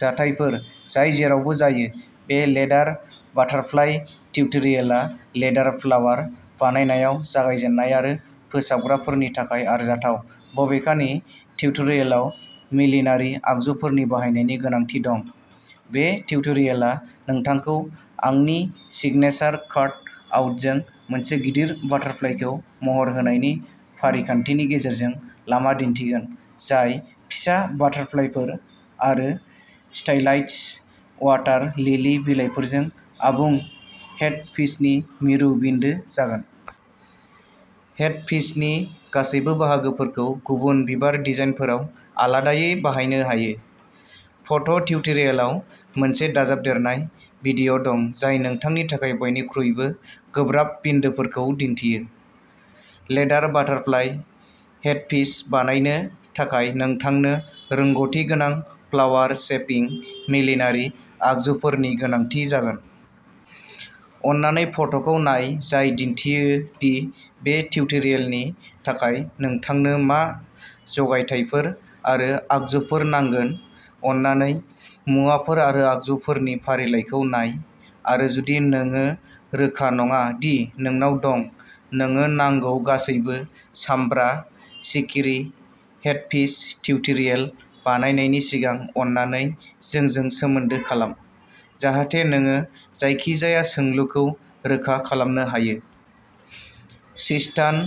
जाथायफोर जाय जेरावबो जायो। बे लेदार बाटारफ्लाइ टिउटरियेलआ लेदार फ्लावार बानायनायाव जागायजेननाय आरो फोसाबग्राफोरनि थाखाय आरजाथाव। बबेखानि टिउटरियेलाव मिलिनारि आगजुफोरनि बाहायनायनि गोनांथि दं। बे टिउटरियेलआ नोंथांखौ आंनि सिगनेसार काट आउटजों मोनसे गिदिर बाटारफ्लाइखौ महर होनायनि फारिखान्थिनि गेजेरजों लामा दिन्थिगोन जाय फिसा बाटारफ्लाइफोर आरो स्टाइलाइज्ड अवाटार लिलि बिलाइफोरजों आबुं हेडपिसनि मिरु बिन्दो जागोन। हेडपिसनि गासैबो बाहागोफोरखौ गुबुन बिबार डिजाइनफोराव आलादायै बाहायनो हायो। फट' टिउटरियेलाव मोनसे दाजाबदेरनाय भिडिअ दं जाय नोंथांनि थाखाय बयनिख्रुइबो गोब्राब बिन्दोफोरखौ दिन्थियो। लेदार बाटारफ्लाइ हेडपिस बानायनो थाखाय नोंथांनो रोंग'थिगोनां फ्लावार शेपिं मिलिनारि आगजुफोरनि गोनांथि जागोन। अननानै फट'खौ नाय जाय दिन्थियो दि बे टिउटरियेलनि थाखाय नोंथांनो मा जगायथायफोर आरो आगजुफोर नांगोन। अननानै मुवाफोर आरो आगजुफोरनि फारिलाइखौ नाय आरो जुदि नोङो रोखा नङा दि नोंनाव दं। नोङो नांगौ गासैबो, सामब्रा सिखिरि हेडपिस टिउटरियेल बायनायनि सिगां अननानै जोंजों सोमोन्दो खालाम, जाहाथे नोङो जायखिजाया सोंलुखौ रोखा खालामनो हायो। सिस्तान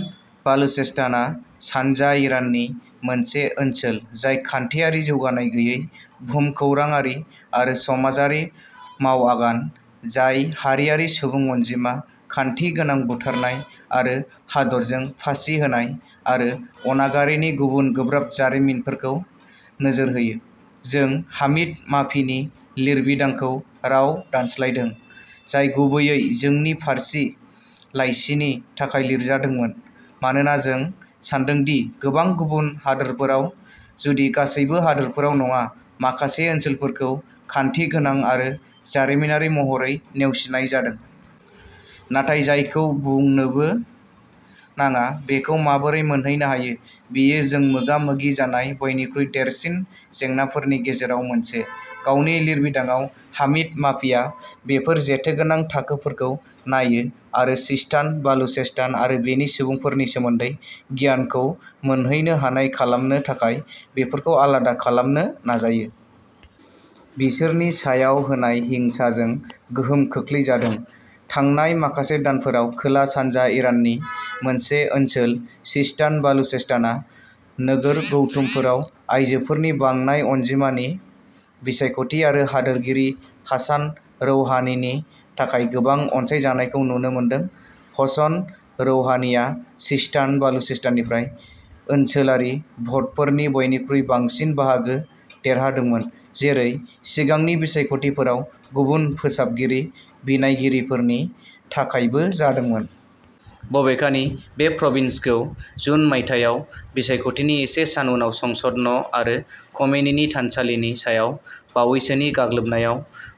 बालुचेस्तानआ सानजा इराननि मोनसे ओनसोल जाय खान्थियारि जौगानाय गैयै, भुमखौराङारि आरो समाजारि मावआगान, जाय हारिआरि सुबुं अनजिमा, खान्थि गोनां बुथारनाय आरो हादरजों फासि होनाय आरो अनागारिनि गुबुन गोब्राब जारिमिनफोरखौ नोजोर होयो। जों हामिद माफिनि लिरबिदांखौ राव दानस्लायदों, जाय गुबैयै जोंनि फारसि लाइसिनि थाखाय लिरजादोंमोन, मानोना जों सान्दों दि गोबां गुबुन हादोरफोराव, जुदि गासैबो हादोरफोराव नङा, माखासे ओनसोलफोरखौ खानथि गोनां आरो जारिमिनारि महरै नेवसिनाय जादों। नाथाय जायखौ बुंनोबो नाङा बेखौ माबोरै मोनहैनो हायो? बेयो जों मोगा मोगि जानाय बयनिख्रुइ देरसिन जेंनाफोरनि गेजेराव मोनसे। गावनि लिरबिदांआव, हामिद माफिया बेफोर जेथोगोनां थाखोफोरखौ नायो आरो सिस्तान बालुचेस्तान आरो बेनि सुबुंफोरनि सोमोन्दै गियानखौ मोनहैनो हानाय खालामनो थाखाय बेफोरखौ आलादा खालामनो नाजायो। बिसोरनि सायाव होनाय हिंसाजों गोहोम खोख्लैजादों। थांनाय माखासे दानफोराव, खोला-सानजा इराननि मोनसे ओनसोल, सिस्तान बालुचेस्तानआ नोगोर गौथुमफोराव आइजोफोरनि बांनाय अनजिमानि बिसायख'थि आरो हादोरगिरि हासान रौहानिनि थाखाय गोबां अनसायजानायखौ नुनो मोनदों। हसन रौहानिआ सिस्तान बालुचेस्ताननिफ्राय ओनसोलारि भ'टफोरनि बयनिख्रुइ बांसिन बाहागो देरहादोंमोन, जेरै सिगांनि बिसायख'थिफोराव गुबुन फोसाबगिरि बिनायगिरिफोरनि थाखायबो जादोंमोन। बबेखानि, बे प्रभिन्सखौ जुन मायथाइयाव बिसायख'थिनि इसे सान उनाव संसद न'आरो ख'मेनिनि थानसालिनि सायाव बावैसोनि गाग्लोबनायाव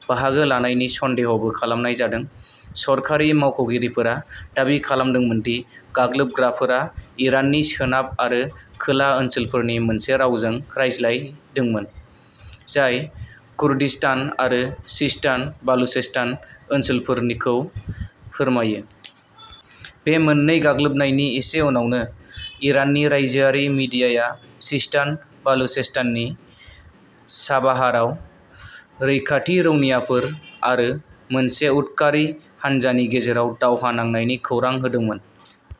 बाहागो लानायनि सन्देहबो खालामनाय जादों। सरखारि मावख'गिरिफोरा दाबि खालामदोंमोन दि गाग्लोबग्राफोरा इराननि सोनाब आरो खोला ओनसोलफोरनि मोनसे रावजों रायज्लायदोंमोन जाय कुर्दिस्तान आरो सिस्तान बालुचेस्तान ओनसोलफोरखौ फोरमायो। बे मोननै गाग्लोबनायनि एसे उनावनो, इराननि रायजोआरि मिडियाया सिस्तान बालुचेस्ताननि चाबाहारआव रैखाथि रौनियाफोर आरो मोनसे उदखारि हानजानि गेजेराव दावहा नांनायनि खौरां होदोंमोन।